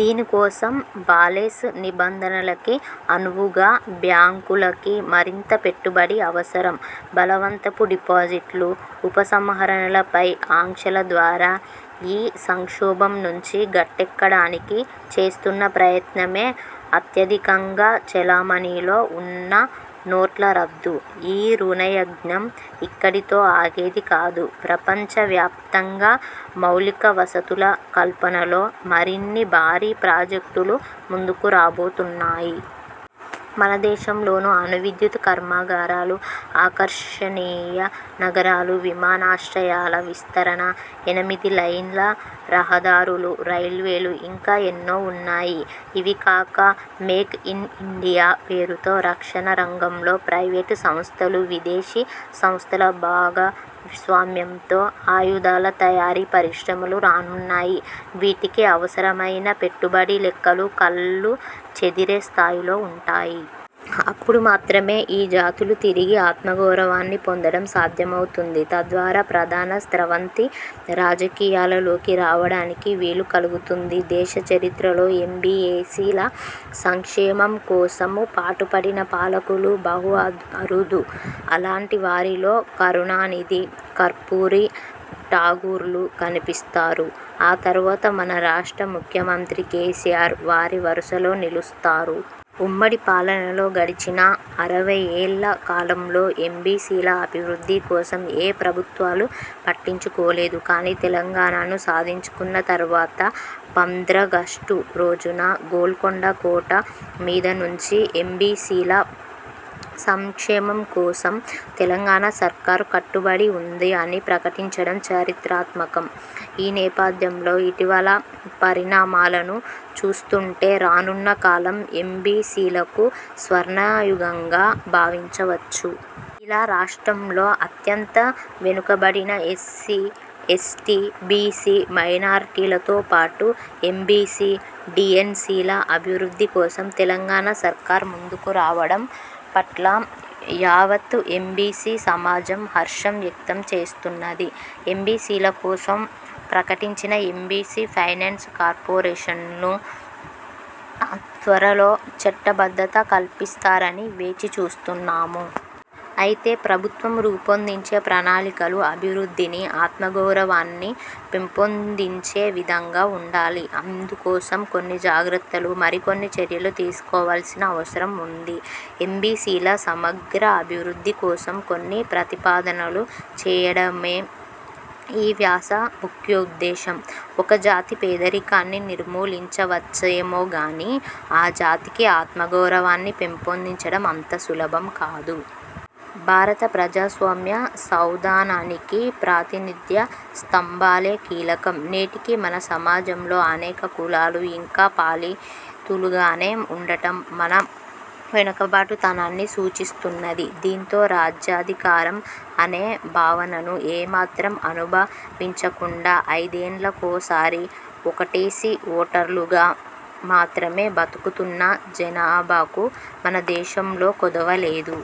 దీనికోసం, బాలేసు నిబంధనలకి అనువుగా బ్యాంకులకి మరింత పెట్టుబడి అవసరం. బలవంతపు డిపాజిట్లు, ఉపసంహరణలపై ఆంక్షల ద్వారా ఈ సంక్షోభం నుంచి గట్టెక్కడానికి చేస్తున్న ప్రయత్నమే అత్యధికంగా చలామణిలో వున్న నోట్ల రద్దు. ఈ రుణయజ్ఞం ఇక్కడితో ఆగేది కాదు. ప్రపంచ వ్యాప్తంగా మౌలిక వసతుల కల్పనలో మరిన్ని భారీ ప్రాజెక్టులు ముందుకు రాబోతున్నాయి. మన దేశంలోనూ అణువిద్యుత్ కర్మాగారాలు, ఆకర్షణీయ నగరాలు, విమానాశ్రయాల విస్తరణ, ఎనిమిది లైన్ల రహదారులు, రైల్వేలు ఇంకా ఎన్నో వున్నాయి. ఇవికాక 'మేక్ ఇన్ ఇండియా' పేరుతో రక్షణ రంగంలో ప్రైవేటు సంస్థలు, విదేశీ సంస్థల భాగస్వామ్యంతో ఆయుధాల తయారీ పరిశ్రమలు రానున్నాయి. వీటికి అవసరమైన పెట్టుబడి లెక్కలు కళ్ళు చెదిరే స్థాయిలో వుంటాయి. అప్పుడు మాత్రమే ఈ జాతులు తిరిగి ఆత్మగౌరవాన్ని పొందడం సాధ్యమవుతుంది. తద్వారా ప్రధాన స్రవంతి రాజకీయాలలోకి రావడానికి వీలు కలుగుతుంది. దేశ చరిత్రలో ఎంబీఎసీల సంక్షేమం కోసం పాటుపడిన పాలకులు బహు అరుదు. అలాంటి వారిలో కరుణానిధి, కర్పూరీ ఠాకూర్లు కనిపిస్తారు. ఆ తరువాత మన రాష్ట్ర ముఖ్యమంత్రి కేసీఆర్ వారి వరుసలో నిలుస్తారు. ఉమ్మడి పాలనలో, గడిచిన అరవయ్యేళ్ల కాలంలో ఎంబీసీల అభివృద్ధి కోసం ఏ ప్రభుత్వాలు పట్టించుకోలేదు. కానీ, తెలంగాణను సాధించుకున్న తర్వాత పంద్రాగష్టు రోజున గోల్కొండ కోట మీద నుంచి ఎంబీసీల సంక్షేమం కోసం తెలంగాణ సర్కార్ కట్టుబడి ఉందని ప్రకటించడం చరిత్రాత్మకం. ఈ నేపథ్యంలో ఇటీవల పరిణామాలను చూస్తుంటే రానున్న కాలం ఎంబీసీలకు స్వర్ణాయుగంగా భావించవచ్చు. ఇలా రాష్ట్రంలో అత్యంత వెనుకబడిన ఎస్సీ, ఎస్టీ, బీసీ, మైనారిటీలతో పాటు ఎంబీసీ, డీఎన్సీల అభివృద్ధి కోసం తెలంగాణ సర్కార్ ముందుకు రావడం పట్ల యావత్ ఎంబీసీ సమాజం హర్షం వ్యక్తం చేస్తున్నది. ఎంబీసీల కోసం ప్రకటించిన ఎంబీసీ ఫైనాన్స్ కార్పొరేషన్కు త్వరలో చట్టబద్ధత కల్పిస్తారని వేచి చూస్తున్నాము. అయితే ప్రభుత్వం రూపొందించే ప్రణాళికలు అభివృద్ధిని, ఆత్మగౌరవాన్ని పెంపొందించే విధంగా ఉండాలి. అందుకోసం కొన్ని జాగ్రత్తలు, మరికొన్ని చర్యలు తీసుకోవాల్సిన అవసరం ఉంది. ఎంబీసీల సమగ్ర అభివృద్ధి కోసం కొన్ని ప్రతిపాదనలు చేయడమే ఈ వ్యాస ముఖ్యోద్దేశం. ఒక జాతి పేదరికాన్ని నిర్మూలించవచ్చేమోగానీ, ఆ జాతికి ఆత్మగౌరవాన్ని పెంపొందించడం అంత సులభం కాదు. భారత ప్రజాస్వామ్య సౌధానానికి ప్రాతినిధ్య స్తంభాలే కీలకం. నేటికీ మన సమాజంలో అనేక కులాలు ఇంకా పాలితులుగానే ఉండడం మన వెనుకబాటుతనాన్ని సూచిస్తున్నది. దీంతో రాజ్యాధికారం అనే భావనను ఏ మాత్రం అనుభవించకుండా ఐదేండ్లకోసారి ఓకటేసి ఓటర్లుగా మాత్రమే బతుకుతున్న జనాభాకు మన దేశంలో కొదువలేదు.